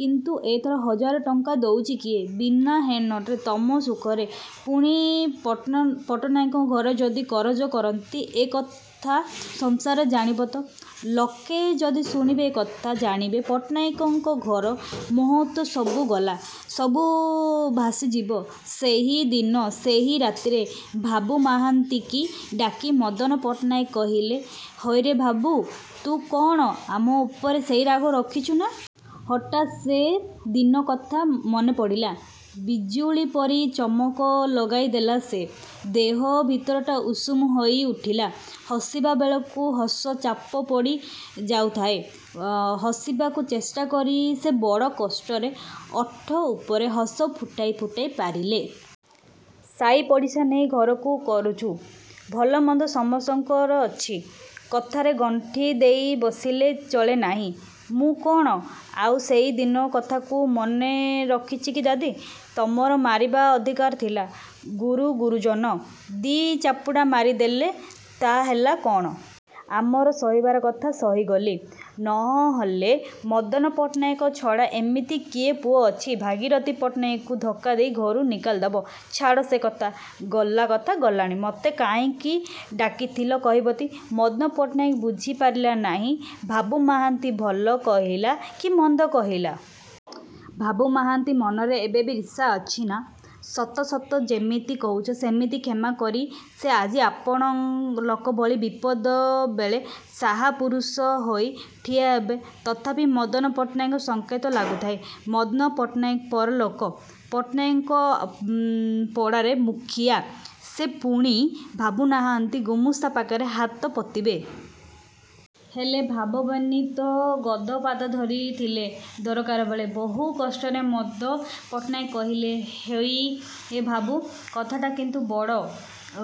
କିନ୍ତୁ ଏଥର ହଜାରେ ଟଙ୍କା ଦଉଚି କିଏ? ବିନା ହେଣ୍ଡନୋଟ ତମସୁକରେ। ପୁଣି ପଟ୍ଟନାହାକ ଘର ଯଦି କରଜ କରନ୍ତି ଏକଥା ସଂସାର ଜାଣିବ ତ? ଲୋକେ ଯଦି ଶୁଣିବେ ଏକଥା ଜାଣିବେ ପଟ୍ଟନାହାକ ଘରମାନ ମହତ୍ ସବୁ ଗଲା। ସବୁ ଭାସିଯିବ। ସେଇ ଦିନ ସେଇ ରାତିରେ ଭାଗୁ ମହାନ୍ତି କି ଡାକି ମଦନ ପଟ୍ଟନାୟକେ କହିଲେ ହଇରେ ଭାଗୁ ତୁ କ'ଣ ଆଉ ମୋ ଉପରେ ସେଇ ରାଗ ରଖିଛୁନା? ହଠାତ ସେ ଦିନର କଥା ମନେ ପଡ଼ିଲା। ବିଜୁଳି ପରି ଚମକ ଲଗେଇ ଦେଲା ସେ। ଦେହ ଭିତରଟା ଉଷୁମ ହେଇ ଉଠିଲା। ହସିବା ବେଳକୁ ହସ ଚାପା ପଡ଼ି ଯାଉଥାଏ। ହସିବାକୁ ଚେଷ୍ଟା କରି ସେ ବଡ଼ କଷ୍ଟରେ ଓଠ ଉପରେ ହସ ଫୁଟାଇ ଫୁଟାଇ ପାରିଲେ। ସାଇପଡ଼ିଶା ନେଇ ଘର କରିଚୁ। ଭଲମନ୍ଦ ସମସ୍ତଙ୍କର ଅଛି। କଥାରେ ଗଣ୍ଠି ଦେଇ ବସିଲେ ଚଳେ ନାହିଁ। ମୁଁ କ'ଣ ଆଉ ସେଇ ଦିନର କଥାକୁ ମନରେ ରଖିଛି ଦାଦି! ତମର ମାରିବାର ଅଧିକାର ଥିଲା ଗୁରୁ ଗୁରୁଜନ ଦି' ଚାପୁଡ଼ା ମାରି ଦେଲ ତ ହେଲା କ'ଣ। ଆମର ସହିବାର କଥା ସହିଗଲି। ନ ହେଲେ ମଦନ ପଟ୍ଟନାହାକ ଛଡ଼ା ଇମିତି କିଏ ପୁଅ ଅଛି ଭାଗିରଥି ପଟ୍ଟନାହାକକୁ ଧକା ଦେଇ ଘରୁ ନିକାଲି ଦବ। ଛାଡ଼ ସେ କଥା। ଗଲା କଥା ଗଲାଣି। ମୋତେ କାହିଁକି ଡକେଇ ଥିଲ କହିବଟି! ମଦନ ପଟ୍ଟନାୟକ ବୁଝି ପାରିଲେ ନାହିଁ ଭାଗୁ ମହାନ୍ତି ଭଲ କହିଲା କି ମନ୍ଦ କହିଲା। ଭାଗୁ ମହାନ୍ତି ମନରେ ଏବେବି ରିସା ଅଛି ନା ସତ ସତ ଯେମିତି କହୁଛି ସେମିତି କ୍ଷମା କରି ସେ ଆଜି ଆପଣା ଲୋକ ଭଳି ବିପଦବେଳେ ସାହା ପୁରୁଷ ହୋଇ ଠିଆ ହେବ! ତଥାପି ମଦନ ପଟ୍ଟନାୟକଙ୍କୁ ସଙ୍କୋଚ ଲାଗୁଥାଏ। ମଦନ ପଟ୍ଟନାୟକ ପରା ଲୋକ ପଟ୍ଟନାହାକ ପଡ଼ାର ମୁଖିଆ ସେ ପୁଣି ଭାଗୁ ମହାନ୍ତି ଗୁମାସ୍ତା ପାଖରେ ହାତ ପାତିବ? ହେଲେ ଭଗବାନ୍ବି ତ ଗଧ ପାଦ ଧରି ଥିଲେ ଦରକାରବେଳେ। ବହୁ କଷ୍ଟରେ ମଦନ ପଟ୍ଟନାୟକ କହିଲେ, ''ହଇ ହେ ଭାଗୁ, କଥାଟା କିନ୍ତୁ ବଡ଼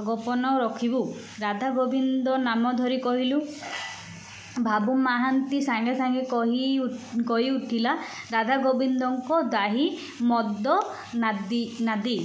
ଗୋପନ ରଖିବୁ। ରାଧା ଗୋବିନ୍ଦଙ୍କ ନାମ ଧରି କହିଲୁ। '' ଭାଗୁ ମହାନ୍ତି ସାଙ୍ଗେ ସାଙ୍ଗେ କହି ଉଠିଲା''ରାଧା ଗୋବିନ୍ଦଙ୍କ ଦ୍ୱାହି ମଦନାଦାଦି।